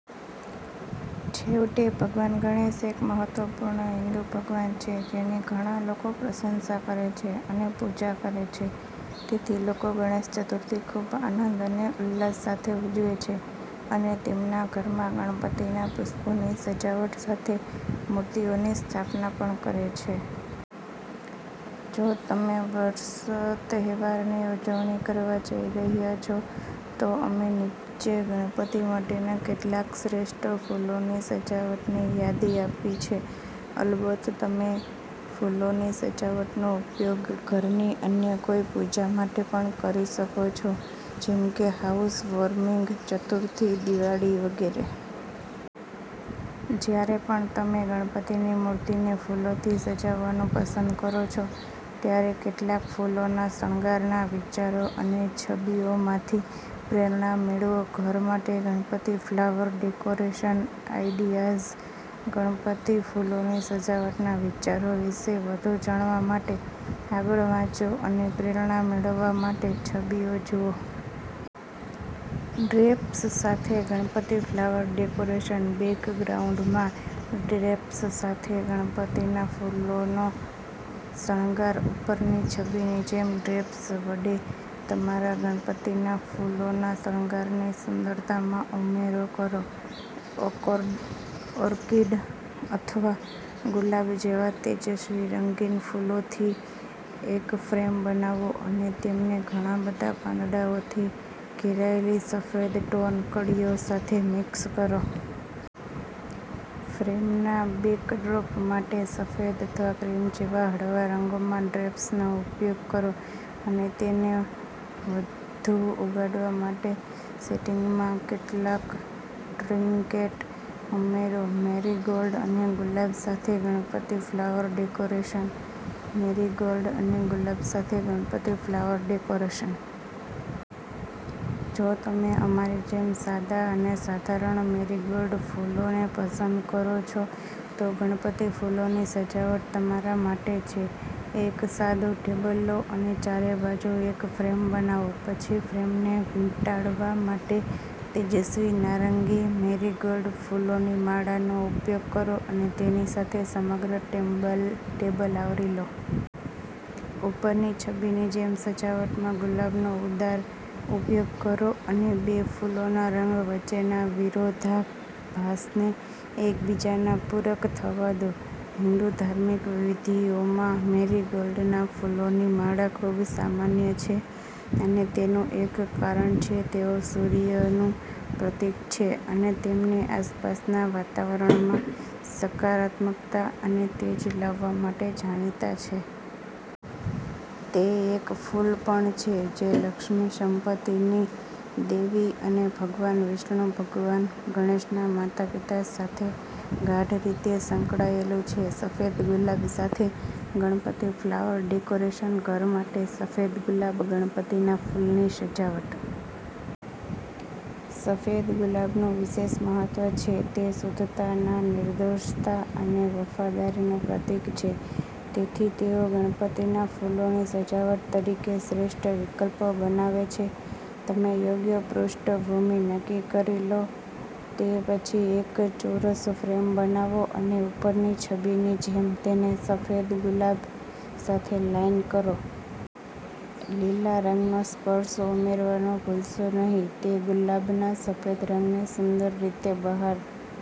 છેવટે, ભગવાન ગણેશ એક મહત્વપૂર્ણ હિંદુ ભગવાન છે જેની ઘણા લોકો પ્રશંસા કરે છે અને પૂજા કરે છે. તેથી લોકો ગણેશ ચતુર્થી ખૂબ આનંદ અને ઉલ્લાસ સાથે ઉજવે છે અને તેમના ઘરમાં ગણપતિના પુષ્પોની સજાવટ સાથે મૂર્તિઓની સ્થાપના પણ કરે છે. જો તમે વર્ષે તહેવારની ઉજવણી કરવા જઈ રહ્યા છો, તો અમે નીચે ગણપતિ માટેના કેટલાક શ્રેષ્ઠ ફૂલોની સજાવટની યાદી આપી છે. અલબત્ત, તમે ફૂલોની સજાવટનો ઉપયોગ ઘરની અન્ય કોઈ પૂજા માટે પણ કરી શકો છો, જેમ કે હાઉસવોર્મિંગ, ચતુર્થી, દિવાળી વગેરે. જ્યારે પણ તમે ગણપતિની મૂર્તિને ફૂલોથી સજાવવાનું પસંદ કરો છો, ત્યારે કેટલાક ફૂલોના શણગારના વિચારો અને છબીઓમાંથી પ્રેરણા મેળવો. ઘર માટે Ganpati flower decoration ideas. Ganpati ફૂલોની સજાવટના વિચારો વિશે વધુ જાણવા માટે આગળ વાંચો, અને પ્રેરણા મેળવવા માટે છબીઓ જુઓ. ડ્રેપ્સ સાથે ગણપતિ ફ્લાવર ડેકોરેશન. બેકગ્રાઉન્ડમાં ડ્રેપ્સ સાથે ગણપતિના ફૂલોનો શણગાર. ઉપરની છબીની જેમ ડ્રેપ્સ વડે તમારા ગણપતિના ફૂલોના શણગારની સુંદરતામાં ઉમેરો કરો. ઓર્ક ઓર્કિડ અથવા ગુલાબ જેવા તેજસ્વી રંગીન ફૂલોથી એક ફ્રેમ બનાવો અને તેમને ઘણાં બધાં પાંદડાઓથી ઘેરાયેલી સફેદ-ટોન કળીઓ સાથે મિક્સ કરો. ફ્રેમના બેકડ્રોપ માટે, સફેદ અથવા ક્રીમ જેવા હળવા રંગોમાં ડ્રેપ્સનો ઉપયોગ કરો અને તેને વધુ ઉગાડવા માટે સેટિંગમાં કેટલાક ટ્રિંકેટ ઉમેરો. મેરીગોલ્ડ અને ગુલાબ સાથે ગણપતિ ફ્લાવર ડેકોરેશન. મેરીગોલ્ડ અને ગુલાબ સાથે ગણપતિ ફ્લાવર ડેકોરેશન. જો તમે, અમારી જેમ, સાદા અને સાધારણ મેરીગોલ્ડ ફૂલોને પસંદ કરો છો, તો ગણપતિ ફૂલોની સજાવટ તમારા માટે છે. એક સાદું ટેબલ લો અને ચારે બાજુ એક ફ્રેમ બનાવો. પછી ફ્રેમને વીંટાળવા માટે તેજસ્વી નારંગી મેરીગોલ્ડ ફૂલોની માળાનો ઉપયોગ કરો અને તેની સાથે સમગ્ર તેમ્બલ ટેબલ આવરી લો. ઉપરની છબીની જેમ, સજાવટમાં ગુલાબનો ઉદાર ઉપયોગ કરો અને બે ફૂલોના રંગ વચ્ચેના વિરોધાભાસને એકબીજાના પૂરક થવા દો. હિંદુ ધાર્મિક વિધિઓમાં મેરીગોલ્ડના ફૂલોની માળા ખૂબ સામાન્ય છે, અને તેનું એક કારણ છે. તેઓ સૂર્યનું પ્રતીક છે અને તેમની આસપાસના વાતાવરણમાં સકારાત્મકતા અને તેજ લાવવા માટે જાણીતા છે. તે એક ફૂલ પણ છે જે લક્ષ્મી, સંપત્તિની દેવી અને ભગવાન વિષ્ણુ ભગવાન ગણેશના માતાપિતા સાથે ગાઢ રીતે સંકળાયેલું છે. સફેદ ગુલાબ સાથે ગણપતિ ફ્લાવર ડેકોરેશન. ઘર માટે સફેદ ગુલાબ ગણપતિના ફૂલની સજાવટ. સફેદ ગુલાબનું વિશેષ મહત્વ છે. તે શુદ્ધતાના, નિર્દોષતા અને વફાદારીનું પ્રતીક છે. તેથી, તેઓ ગણપતિના ફૂલોની સજાવટ તરીકે શ્રેષ્ઠ વિકલ્પો બનાવે છે. તમે યોગ્ય પૃષ્ઠભૂમિ નક્કી કરી લો તે પછી, એક ચોરસ ફ્રેમ બનાવો અને ઉપરની છબીની જેમ તેને સફેદ ગુલાબ સાથે લાઇન કરો. લીલા રંગનો સ્પર્શ ઉમેરવાનું ભૂલશો નહીં. તે ગુલાબના સફેદ રંગને સુંદર રીતે બહાર